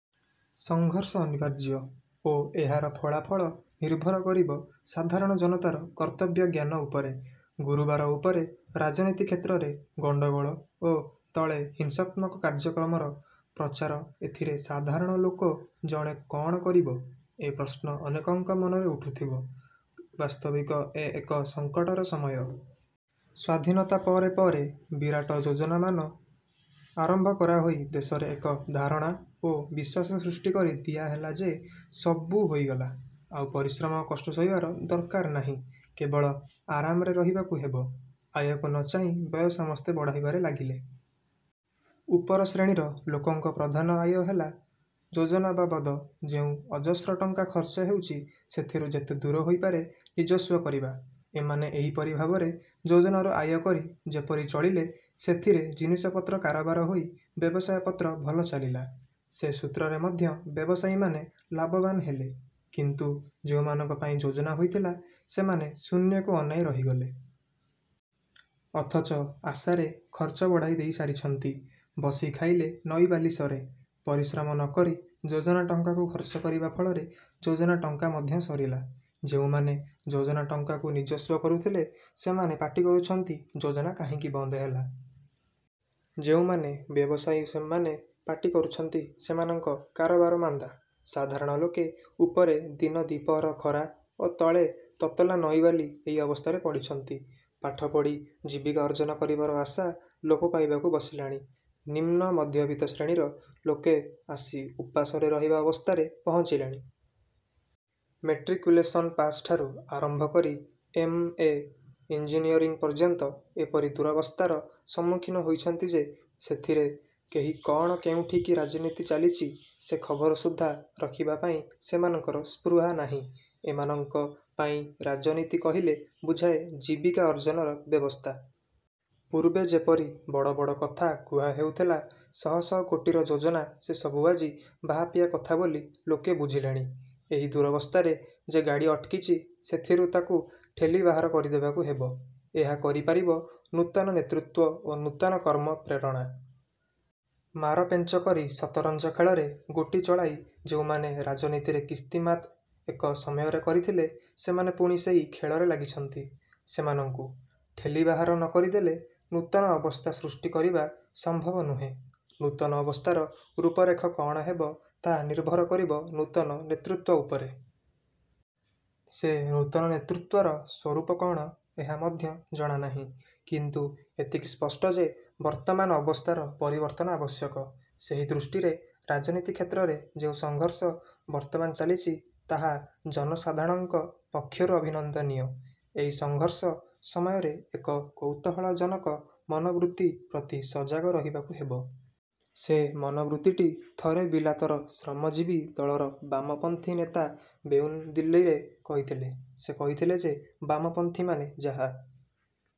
ସଂଘର୍ଷ ଅନିବାର୍ଯ୍ୟ ଓ ଏହାର ଫଳାଫଳ ନିର୍ଭର କରିବ ସାଧାରଣ ଜନତାର କର୍ତ୍ତବ୍ୟଜ୍ଞାନ ଉପରେ। ଗୁରୁବାର ଉପରେ ରାଜନୀତି କ୍ଷେତ୍ରରେ ଗଣ୍ଡଗୋଳ ଓ ତଳେ ହିଂସାତ୍ମକ କାର୍ଯ୍ୟକ୍ରମର ପ୍ରଚାର ଏଥିରେ ସାଧାରଣ ଲୋକ ଜଣେ କଅଣ କରିବ, ଏ ପ୍ରଶ୍ନ ଅନେକଙ୍କ ମନରେ ଉଠୁଥିବ। ବାସ୍ତବିକ ଏ ଏକ ସଂକଟର ସମୟ। ସ୍ୱାଧୀନତା ପରେ ପରେ ବିରାଟ ଯୋଜନାମାନ ଆରମ୍ଭ କରାହୋଇ ଦେଶରେ ଏକ ଧାରଣା ଓ ବିଶ୍ୱାସ ସୃଷ୍ଟିକରି ଦିଆହେଲା ଯେ ସବୁ ହୋଇଗଲା– ଆଉ ପରିଶ୍ରମ ଓ କଷ୍ଟ ସହିବାର ଦରକାର ନାହିଁ, କେବଳ ଆରାମରେ ରହିବାକୁ ହେବ। ଆୟକୁ ନ ଚାହିଁ ବ୍ୟୟ ସମସ୍ତେ ବଢ଼ାଇବାରେ ଲାଗିଲେ। ଉପର ଶ୍ରେଣୀର ଲୋକଙ୍କ ପ୍ରଧାନ ଆୟ ହେଲା, ଯୋଜନାବାବଦ ଯେଉଁ ଅଜସ୍ର ଟଙ୍କା ଖର୍ଚ୍ଚ ହେଉଛି, ସେଥିରୁ ଯେତେଦୂର ହୋଇପାରେ ନିଜସ୍ୱ କରିବା। ଏମାନେ ଏହିପରି ଭାବରେ ଯୋଜନାରୁ ଆୟକରି ଯେପରି ଚଳିଲେ, ସେଥିରେ ଜିନିଷପତ୍ର କାରବାର ହୋଇ ବ୍ୟବସାୟପତ୍ର ଭଲ ଚାଲିଲା। ସେ ସୂତ୍ରରେ ମଧ୍ୟ ବ୍ୟବସାୟୀମାନେ ଲାଭବାନ ହେଲେ; କିନ୍ତୁ ଯେଉଁମାନଙ୍କ ପାଇଁ ଯୋଜନା ହୋଇଥିଲା, ସେମାନେ ଶୂନ୍ୟକୁ ଅନାଇଁ ରହିଗଲେ। ଅଥଚ ଆଶାରେ ଖର୍ଚ୍ଚ ବଢ଼ାଇ ଦେଇ ସାରିଛନ୍ତି। ''ବସି ଖାଇଲେ ନଈବାଲି ସରେ। '' ପରିଶ୍ରମ ନ କରି ଯୋଜନା ଟଙ୍କାକୁ ଖର୍ଚ୍ଚ କରିବା ଫଳରେ ଯୋଜନା ଟଙ୍କା ମଧ୍ୟ ସରିଲା। ଯେଉଁମାନେ ଯୋଜନା ଟଙ୍କାକୁ ନିଜସ୍ୱ କରୁଥିଲେ, ସେମାନେ ପାଟିକରୁଛନ୍ତି ଯୋଜନା କାହିଁକି ବନ୍ଦହେଲା। ଯେଉଁମାନେ ବ୍ୟବସାୟୀ ସେମାନେ ପାଟିକରୁଛନ୍ତି ସେମାନଙ୍କ କାରବାର ମାନ୍ଦା। ସାଧାରଣ ଲୋକେ ଉପରେ ଦିନଦିପହର ଖରା ଓ ତଳେ ତତଲା ନଈବାଲି ଏହି ଅବସ୍ଥାରେ ପଡ଼ିଛନ୍ତି। ପାଠପଢ଼ି ଜୀବିକା ଅର୍ଜ୍ଜନ କରିବାର ଆଶା ଲୋପ ପାଇବାକୁ ବସିଲାଣି। ନିମ୍ନମଧ୍ୟବିତ୍ତ ଶ୍ରେଣୀର ଲୋକେ ଆସି ଉପାସରେ ରହିବା ଅବସ୍ଥାରେ ପହଞ୍ଚିଲେଣି। ମେଟ୍ରିକ୍ୟୁଲେସନ ପାସଠାରୁ ଆରମ୍ଭ କରି ଏମ: ଏ; ଇଂଜିନିଅରିଙ୍ଗ ପର୍ଯ୍ୟନ୍ତ ଏପରି ଦୂରବସ୍ଥାର ସମ୍ମୁଖୀନ ହୋଇଛନ୍ତି ଯେ ସେଥିରେ କେହି କଅଣ କେଉଁଠି କି ରାଜନୀତି ଚାଲିଛି ସେ ଖବର ସୁଦ୍ଧା ରଖିବା ପାଇଁ ସେମାନଙ୍କର ସ୍ପୃହା ନାହିଁ। ଏମାନଙ୍କ ପାଇଁ ରାଜନୀତି କହିଲେ ବୁଝାଏ ଜୀବିକା ଅର୍ଜ୍ଜନର ବ୍ୟବସ୍ଥା-। ପୂର୍ବେ ଯେପରି ବଡ଼ ବଡ଼ କଥା କୁହା ହେଉଥିଲା। ଶହଶହ କୋଟିର ଯୋଜନା ସେସବୁ ଆଜି ବାହାପିଆ କଥା ବୋଲି ଲୋକେ ବୁଝିଲେଣି। ଏହି ଦୂରବସ୍ଥାରେ ଯେ ଗାଡ଼ି ଅଟକିଛି, ସେଥିରୁ ତାକୁ ଠେଲି ବାହାର କରିଦେବାକୁ ହେବ। ଏହା କରିପାରିବ ନୂତନ ନେତୃତ୍ୱ ଓ ନୂତନ କର୍ମପ୍ରେରଣା। ମାରପେଞ୍ଚ କରି ସତରଞ୍ଜ ଖେଳରେ ଗୋଟି ଚଳାଇ ଯେଉଁମାନେ ରାଜନୀତିରେ କିସ୍ତିମାତ୍ ଏକ ସମୟରେ କରିଥିଲେ, ସେମାନେ ପୁଣି ସେହି ଖେଳରେ ଲାଗିଛନ୍ତି-। ସେମାନଙ୍କୁ। ଠେଲି ବାହାର ନ କରିଦେଲେ ନୂତନ ଅବସ୍ଥା ସୃଷ୍ଟି କରିବା ସମ୍ଭବ ନୁହେଁ। ନୂତନ ଅବସ୍ଥାର ରୂପରେଖ କଅଣ ହେବ, ତାହା ନିର୍ଭର କରିବ ନୂତନ ନେତୃତ୍ୱ ଉପରେ। ସେ ନୂତନ ନେତୃତ୍ୱର ସ୍ୱରୂପ କଅଣ ଏହା ମଧ୍ୟ ଜଣାନାହିଁ; କିନ୍ତୁ ଏତିକି ସ୍ପଷ୍ଟ ଯେ ବର୍ତ୍ତମାନ ଅବସ୍ଥାର ପରିବର୍ତ୍ତନ ଆବଶ୍ୟକ। ସେହି ଦୃଷ୍ଟିରେ ରାଜନୀତି କ୍ଷେତ୍ରରେ ଯେଉଁ ସଂଘର୍ଷ ବର୍ତ୍ତମାନ ଚାଲିଛି ତାହା ଜନସାଧାଣଙ୍କ ପକ୍ଷରୁ ଅଭିନନ୍ଦନୀୟ। ଏହି ସଂଘର୍ଷ ସମୟରେ ଏକ କୌତୂହଳଜନକ ମନୋବୃତ୍ତି ପ୍ରତି ସଜାଗ ରହିବାକୁ ହେବ। ସେ ମନୋବୃତ୍ତିଟି ଥରେ ବିଲାତର ଶ୍ରମଜୀବୀ ଦଳର ବାମପନ୍ଥୀ ନେତା ବେଉନ୍ ଦିଲ୍ଲୀରେ କହିଥିଲେ। ସେ କହିଥିଲେ ଯେ ବାମପନ୍ଥୀମାନେ ଯାହା